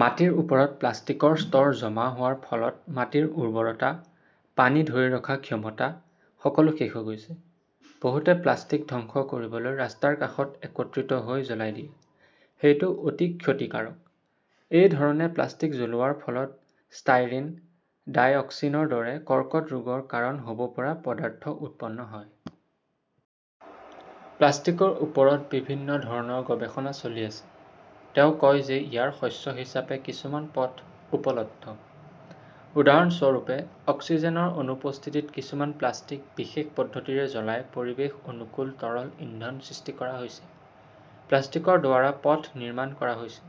মাটিৰ ওপৰত প্লাষ্টিকৰ স্তৰ জমা হোৱাৰ ফলত মাটিৰ উৰ্বৰতা, পানী ধৰি ৰখাৰ ক্ষমতা সকলো শেষ হৈ গৈছে। বহুতে প্লাষ্টিক ধ্বংস কৰিবলৈ ৰাস্তাৰ কাষত একত্ৰিত হৈ জ্বলাই দিয়ে। সেইটো অতি ক্ষতিকাৰক। এই ধৰণে প্লাষ্টিক জ্বলোৱাৰ ফলত ষ্টাইৰিন, ডাইঅক্সিনৰ দৰে কৰ্কট ৰোগৰ কাৰণ হ'ব পৰা পদাৰ্থ উৎপন্ন হয়। প্লাষ্টিকৰ ওপৰত বিভিন্ন ধৰণৰ গৱেষণা চলি আছে। তেওঁ কয় যে ইয়াৰ শস্য হিচাপে কিছুমান পথ উপলব্ধ। উদাহৰণস্বৰূপে, অক্সিজেনৰ অনুপস্থিতিত কিছুমান প্লাষ্টিক বিশেষ পদ্ধতিৰে জ্বলাই পৰিৱেশ-অনুকূল তৰল ইন্ধন সৃষ্টি কৰা হৈছে, প্লাষ্টিকৰ দ্বাৰা পথ নিৰ্মাণ কৰা হৈছে,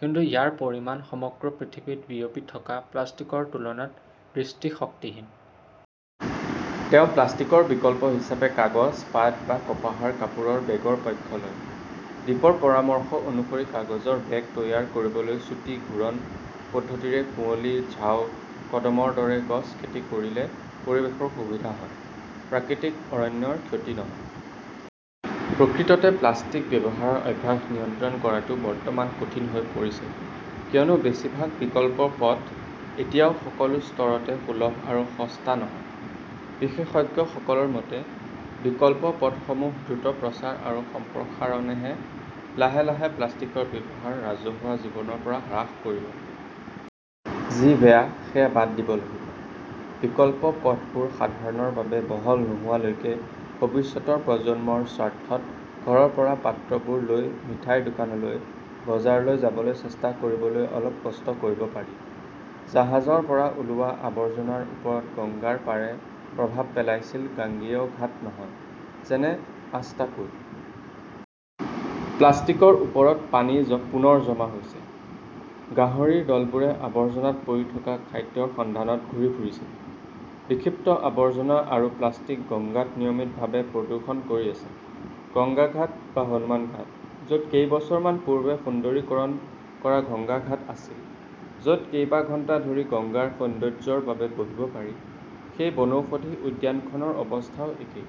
কিন্তু ইয়াৰ পৰিমাণ সমগ্ৰ পৃথিৱীত বিয়পি থকা প্লাষ্টিকৰ তুলনাত দৃষ্টিশক্তিহীন। তেওঁ প্লাষ্টিকৰ বিকল্প হিচাপে কাগজ, পাট বা কপাহৰ কাপোৰৰ বেগৰ পক্ষ লয়। দীপৰ পৰামৰ্শ অনুসৰি কাগজৰ বেগ তৈয়াৰ কৰিবলৈ চুটি ঘূৰণ পদ্ধতিৰে কুঁৱলী, ঝাও, কদমৰ দৰে গছ খেতি কৰিলে পৰিৱেশৰ সুবিধা হয়, প্ৰাকৃতিক অৰণ্যৰ ক্ষতি নহয়। প্ৰকৃততে প্লাষ্টিক ব্যৱহাৰৰ অভ্যাস নিয়ন্ত্ৰণ কৰাটো বৰ্তমান কঠিন হৈ পৰিছে কিয়নো বেছিভাগ বিকল্প পথ এতিয়াও সকলো স্তৰতে সুলভ আৰু সস্তা নহয়। বিশেষজ্ঞসকলৰ মতে, বিকল্প পথসমূহৰ দ্ৰুত প্ৰচাৰ আৰু সম্প্ৰসাৰণেহে লাহে -লাহে প্লাষ্টিকৰ ব্যৱহাৰ ৰাজহুৱা জীৱনৰ পৰা হ্ৰাস কৰিব। যি বেয়া সেয়া বাদ দিব লাগিব। বিকল্প পথবোৰ সাধাৰণৰ বাবে বহল নোহোৱালৈকে ভৱিষ্যতৰ প্ৰজন্মৰ স্বাৰ্থত ঘৰৰ পৰা পাত্ৰবোৰ লৈ মিঠাইৰ দোকানলৈ, বজাৰলৈ যাবলৈ চেষ্টা কৰিবলৈ অলপ কষ্ট কৰিব পাৰি। জাহাজৰ পৰা ওলোৱা আৱৰ্জনাৰ ওপৰত গংগাৰ পাৰে প্ৰভাৱ পেলাইছিল গাঙ্গেয় ঘাট নহয়, যেনে আষ্টাকুড। প্লাষ্টিকৰ ওপৰত পানী পুনৰ জমা হৈছে। গাহৰিৰ দলবোৰে আবৰ্জনাত পৰি থকা খাদ্যৰ সন্ধানত ঘূৰি ফুৰিছে। বিক্ষিপ্ত আৱৰ্জনা আৰু প্লাষ্টিক গঙ্গাত নিয়মিতভাৱে প্ৰদূষণ কৰি আছে। গংগা ঘাট বা হনুমান ঘাট, য 'ত কেইবছৰমান পূৰ্বে সুন্দৰীকৰণ কৰা গংগা ঘাট আছিল, য' ত কেইবা ঘণ্টা ধৰি গংগাৰ সৌন্দৰ্য্যৰ বাবে বহিব পাৰি, সেই বনৌষধি উদ্যানখনৰ অৱস্থাও একেই।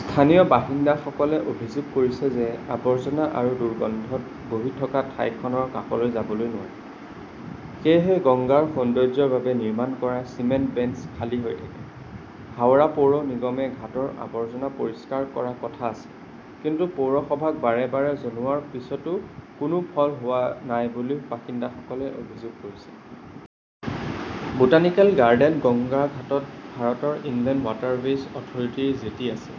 স্থানীয় বাসিন্দাসকলে অভিযোগ কৰিছে যে আৱৰ্জনা আৰু দুৰ্গন্ধত বহি থকা ঠাইখনৰ কাষলৈ যাব নোৱাৰি। সেয়েহে গংগাৰ সৌন্দৰ্য্যৰ বাবে নিৰ্মাণ কৰা চিমেণ্ট বেঞ্চ খালী হৈ থাকে। হাওড়া পৌৰ নিগমে ঘাটৰ আৱৰ্জনা পৰিষ্কাৰ কৰাৰ কথা আছে, কিন্তু পৌৰসভাক বাৰে -বাৰে জনোৱাৰ পিছতো কোনো ফল হোৱা নাই বুলি বাসিন্দাসকলে অভিযোগ কৰিছে। বোটানিকেল গাৰ্ডেন গংগা ঘাটত ভাৰতৰ ইনলেণ্ড ৱাটাৰৱেজ অথৰিটিৰ জেটি আছে,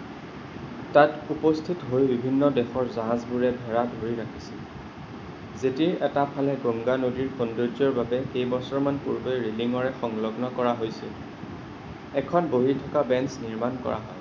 তাত উপস্থিত হৈ বিভিন্ন দেশৰ জাহাজবোৰে ভেড়া ধৰি ৰাখিছিল। জেটিৰ এটা ফালে গংগা নদীৰ সৌন্দৰ্য্যৰ বাবে কেইবছৰমান পূৰ্বে ৰেলিংৰে সংলগ্ন কৰা হৈছিল। এখন বহি থকা বেঞ্চ নিৰ্মাণ কৰা হয়।